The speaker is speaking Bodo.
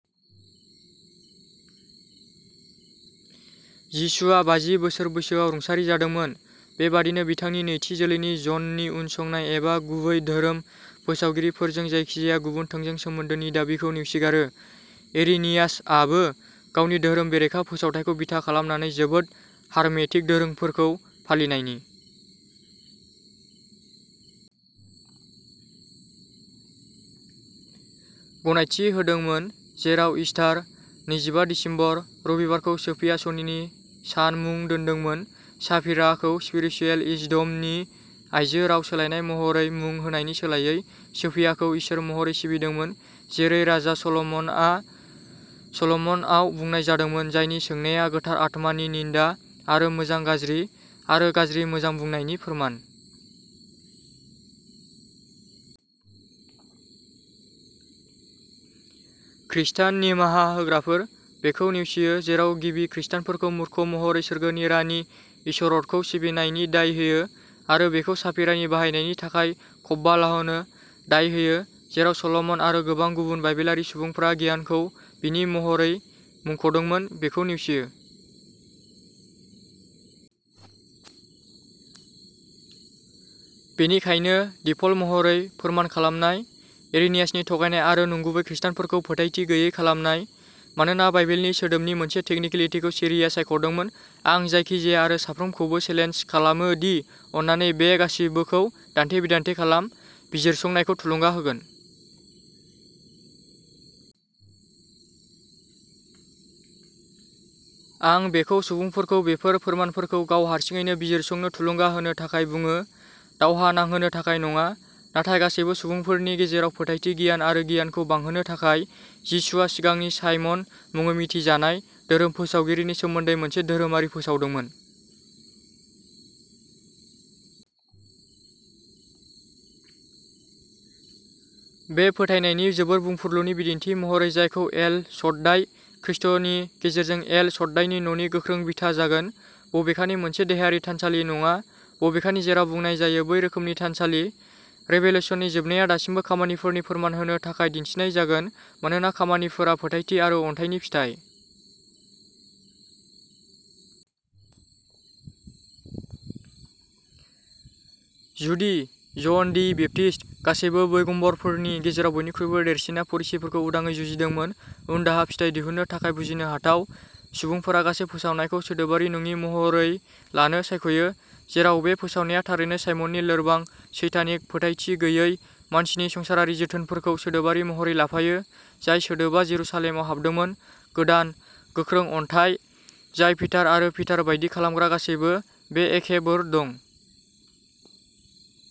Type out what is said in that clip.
जिशुआ बाजि बोसोर बैसोआव रुंसारि जादोंमोन। बेबादिनो बिथांनि नैथि जोलैनि ज'ननि उनसंनाय एबा गुबै धोरोम फोसावगिरिफोरजों जायखिजाया गुबुन थोंजों सोमोन्दोनि दाबिखौ नेवसिगारो। इरिनियासआबो गावनि धोरोम बेरेखा फोसावथायखौ बिथा खालामनानै जोबोद हारमेटिक दोरोंफोरखौ फालिनायनि गनायथि होदोंमोन। जेराव इस्टार, नैजिबा दिसेम्बर, रबिबारखौ सोफिया शनिनि सान मुं दोन्दोंमोन। साफिराखौ "स्पिरिचुएल विजडम"नि आइजो राव सोलायनाय महरै मुं होनायनि सोलायै सोफियाखौ इसोर महरै सिबिदोंमोन, जेरै राजा सल'मनआ सल'मनआव बुंनाय जादोंमोन जायनि सोंनाया गोथार आत्मानि निन्दा आरो मोजां गाज्रि आरो गाज्रि मोजां बुंनायनि फोरमान। खृस्टान निमाहा होग्राफोर, बेखौ नेवसियो। जेराव गिबि खृस्टानफोरखौ मूर्ख महरै सोरगोनि रानि एश'र'थखौ सिबिनायनि दाय होयो आरो बेखौ साफिरानि बाहायनायनि थाखाय कब्बालाहनो दाय होयो। जेराव सल'मन आरो गोबां गुबुन बाइबेलारि सुबुंफ्रा गियानखौ बिनि महरै मुंख'दोंमोन, बेखौ नेवसियो। बेनिखायनो दिफल्ट महरै फोरमान खालामनाय। इरेनियासनि थगायनाय आरो नंगुबै खृस्टानफोरखौ फोथायथि गैयै खालामनाय। मानोना बाइबेलनि सोदोबनि मोनसे टेकनिकेलितिखौ चेरीआ सायख'दोंमोन। आं जायखिजाया आरो साफ्रोमखौबो चेलेन्ज खालामो दि अन्नानै बे गासिबोखौ दान्थे-बिदान्थे खालाम, बिजिरसंनायखौ थुलुंगा होगोन। आं बेखौ सुबुंफोरखौ बेफोर फोरमानफोरखौ गाव हारसिङैनो बिजिरसंनो थुलुंगा होनो थाखाय बुङो, दावहा नांहोनो थाखाय नङा। नाथाय गासैबो सुबुंफोरनि गेजेराव फोथायथि गियान आरो गियानखौ बांहोनो थाखाय जिसुआ सिगांनि साइमन मुङै मिथिजानाय धोरोम फोसावगिरिनि सोमोन्दै मोनसे धोरोमारि फोसावदोंमोन । बे फोथायनायनि जोबोर बुंफुरलुनि बिदिन्थि महरै जायखौ एल शड्डाइ, खृष्टनि गेजेरजों एल शड्डाइनि न'नि गोख्रों बिथा जागोन। बबेखानि मोनसे देहायारि थानसालि नङा। बबेखानि जेराव बुंनाय जायो बै रोखोमनि थानसालि। रेभेलेशननि जोबनाया दासिमबो खामानिफोरनि फोरमान होनो थाखाय दिन्थिनाय जागोन। मानोना खामानिफोरा फोथायथि आरो अनथाइनि फिथाय। जुदि जन दि बेप्टिस्ट, गासैबो पैगम्बरफोरनि गेजेराव बयनिख्रुइबो देरसिनआ फरिसीफोरखौ उदाङै जुजिदोंमोन उनदाहा फिथाइ दिहुननो थाखाय बुजिनो हाथाव सुबुंफोरा गासै फोसावनायखौ सोदोबारि नङि महरै लानो सायख'यो। जेराव बे फोसावनाया थारैनो साइमननि लोरबां, सैतानिक, फोथायथि गैयै, मानसिनि संसारारि जोथोनफोरखौ सोदोबारि महरै लाफायो। जाय सोदोबआ जेरुसालेमाव हाबदोंमोन गोदान, गोख्रों अन्थाइ। जाय पिटार आरो पिटार बायदि खालामग्रा गासैबो बे एखे बोर दं।